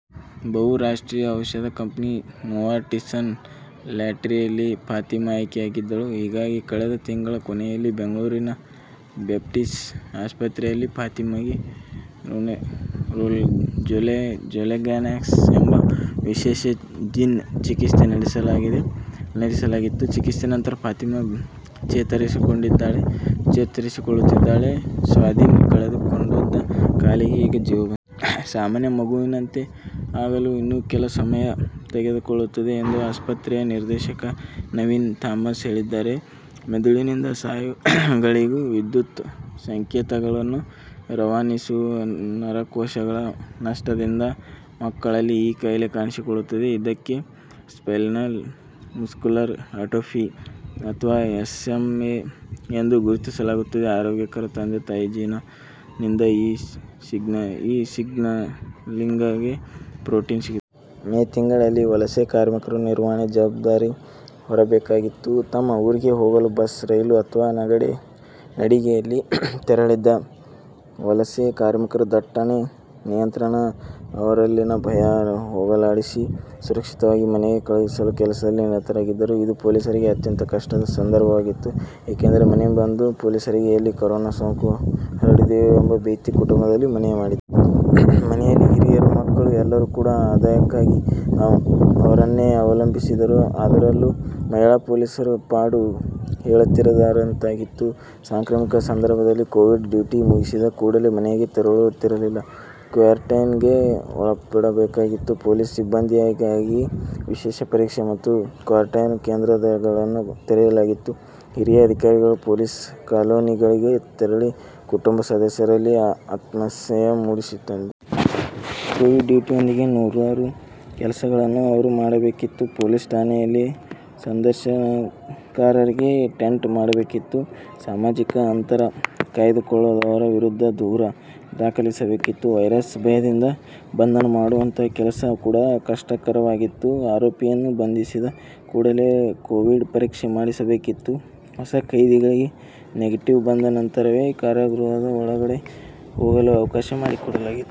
ಬಹು ರಾಷ್ಟ್ರೀಯ ಔಷದ ಕಂಪನಿ ನೋವಾರ್ಟಿಸ್ ನ ಲಾಟರಿಯಲ್ಲಿ ಫಾತಿಮಾ ಆಯ್ಕೆಯಾಗಿದ್ದಳು. ಹೀಗಾಗಿ ಕಳೆದ ತಿಂಗಳ ಕೊನೆಯಲ್ಲಿ ಬೆಂಗಳೂರಿನ ಬ್ಯಾಪ್ಟಿಸ್ಟ್ ಆಸ್ಪತ್ರೆಯಲ್ಲಿ ಫಾತಿಮಾಗೆ ಝೋಲ್ಗೆನ್ಶಾ ಎಂಬ ವಿಶೇಷ ಜೀನ್ ಚಿಕಿತ್ಸೆ ನಡೆಸಲಾಗಿತ್ತು. ಚಿಕಿತ್ಸೆಯ ನಂತರ ಫಾತಿಮಾ ಚೇತರಿಸಿಕೊಳ್ಳುತ್ತಿದ್ದಾಳೆ. ಸ್ವಾಧೀನ ಕಳೆದುಕೊಂಡಿದ್ದ ಕಾಲಿಗೆ ಈಗ ಜೀವ ಬಂದಿದೆ. ಸಾಮಾನ್ಯ ಮಗುವಿನಂತೆ ಆಗಲು ಇನ್ನೂ ಕೆಲ ಸಮಯ ತೆಗೆದುಕೊಳ್ಳುತ್ತೆದ ಎಂದು ಆಸ್ಪತ್ರೆಯ ನಿರ್ದೇಶಕ ನವೀನ್ ಥಾಮಸ್ ಹೇಳಿದ್ದಾರೆ. ಮೆದುಳಿನಿಂದ ಸ್ನಾಯುಗಳಿಗೆ ವಿದ್ಯುತ್ ಸಂಕೇತಗಳನ್ನು ರವಾನಿಸುವ ನರಕೋಶಗಳ ನಷ್ಟದಿಂದ ಮಕ್ಕಳಲ್ಲಿ ಈ ಕಾಯಿಲೆ ಕಾಣಿಸಿಕೊಳ್ಳುತ್ತದೆ. ಇದಕ್ಕೆ ಸ್ಪೈನಲ್ ಮಸ್ಕುಲರ್ ಅಟ್ರೋಫಿ ಅಥವಾ ಎಸ್ಎಂಎ ಎಂದು ಗುರುತಿಯಲಾಗುತ್ತದೆ. ಆರೋಗ್ಯಕರ ತಂದೆ-ತಾಯಿಯ ಜೀನ್ ನಿಂದ ಈ ಸಿಗ್ನಲಿಂಗ್ ಗೆ ಪ್ರೋಟೀನ್ ಸಿಗುತ್ತದೆ. ಮೇ ತಿಂಗಳಲ್ಲಿ ವಲಸೆ ಕಾರ್ಮಿಕರ ನಿರ್ವಹಣೆ ಜವಾಬ್ದಾರಿ ಹೊರಬೇಕಾಗಿತ್ತು. ತಮ್ಮ ಊರಿಗೆ ಹೋಗಲು ಬಸ್, ರೈಲು ಅಥವಾ ನಡಿಗೆಯಲ್ಲಿ ತೆರಳಿದ್ದ ವಲಸೆ ಕಾರ್ಮಿಕರ ದಟ್ಟಣೆ ನಿಯಂತ್ರಣ, ಅವರಲ್ಲಿನ ಭಯ ಹೋಗಲಾಡಿಸಿ, ಸುರಕ್ಷಿತವಾಗಿ ಮನೆಗೆ ಕಳುಹಿಸುವ ಕೆಲಸದಲ್ಲಿ ನಿರತರಾಗಿದ್ದರು. ಇದು ಪೊಲೀಸರಿಗೆ ಅತ್ಯಂತ ಕಷ್ಟದ ಸಂದರ್ಭವಾಗಿತ್ತು. ಏಕೆಂದರೆ ಮನೆಗೆ ಬಂದ ಪೊಲೀಸರಿಗೆ ಎಲ್ಲಿ ಕೊರೋನಾ ಸೋಂಕು ಹರಡಿದೆಯೋ ಎಂಬ ಭೀತಿ ಕುಟುಂಬದಲ್ಲಿ ಮನೆ ಮಾಡಿತ್ತು. ಮನೆಯಲ್ಲಿನ ಹಿರಿಯರು, ಮಕ್ಕಳು ಎಲ್ಲರೂ ಕೂಡಾ ಆದಾಯಕ್ಕಾಗಿ ಅವರನ್ನೇ ಅವಲಂಬಿಸಿದ್ದರು. ಅದರಲ್ಲೂ ಮಹಿಳಾ ಪೊಲೀಸರ ಪಾಡು ಹೇಳತೀರದಂತಾಗಿತ್ತು. ಸಾಂಕ್ರಾಮಿಕ ಸಂದರ್ಭದಲ್ಲಿ ಕೋವಿಡ್ ಡ್ಯೂಟಿ ಮುಗಿಸಿದ ಕೂಡಲೇ ಮನೆಗೆ ತೆರಳುವಂತಿರಲಿಲ್ಲ. ಕ್ವಾರಂಟೈನ್ ಗೆ ಒಳಪಡಬೇಕಾಗಿತ್ತು. ಪೊಲೀಸ್ ಸಿಬ್ಬಂದಿಗಾಗಿಯೇ ವಿಶೇಷ ಪರೀಕ್ಷೆ ಮತ್ತು ಕ್ವಾರಂಟೈನ್ ಕೇಂದ್ರಗಳನ್ನು ತೆರೆಯಲಾಗಿತ್ತು. ಹಿರಿಯ ಅಧಿಕಾರಿಗಳು ಪೊಲೀಸ್ ಕಾಲೋನಿಗಳಿಗೆ ತೆರಳಿ, ಕುಟುಂಬ ಸದಸ್ಯರಲ್ಲಿ ಆತ್ಮಸ್ಥೈರ್ಯ ಮೂಡಿಸುತ್ತಿದ್ದರು. ಕೋವಿಡ್ ಡ್ಯೂಟಿಯೊಂದಿಗೆ ನೂರಾರು ಕೆಲಸಗಳನ್ನು ಅವರು ಮಾಡಬೇಕಿತ್ತು. ಪೊಲೀಸ್ ಠಾಣೆಯಲ್ಲಿ ಸಂದರ್ಶನಕಾರರಿಗೆ ಟೆಂಟ್ ಮಾಡಬೇಕಿತ್ತು. ಸಾಮಾಜಿಕ ಅಂತರ ಕಾಯ್ದುಕೊಳ್ಳದವರ ವಿರುದ್ಧ ದೂರು ದಾಖಲಿಸಬೇಕಿತ್ತು. ವೈರಸ್ ಭಯದಿಂದ ಬಂಧನ ಮಾಡುವಂತಹ ಕೆಲಸ ಕೂಡಾ ಕಷ್ಟಕರವಾಗಿತ್ತು. ಆರೋಪಿಯನ್ನು ಬಂಧಿಸಿದ ಕೂಡಲೇ ಕೋವಿಡ್ ಪರೀಕ್ಷೆ ಮಾಡಿಸಬೇಕಿತ್ತು. ಹೊಸ ಖೈದಿಗಳಿಗೆ ನೆಗೆಟಿವ್ ಬಂದ ನಂತರವೇ ಕಾರಾಗೃಹದ ಒಳಗಡೆ ಹೋಗಲು ಅವಕಾಶ ಮಾಡಿಕೊಡಲಾಗುತಿತ್ತು.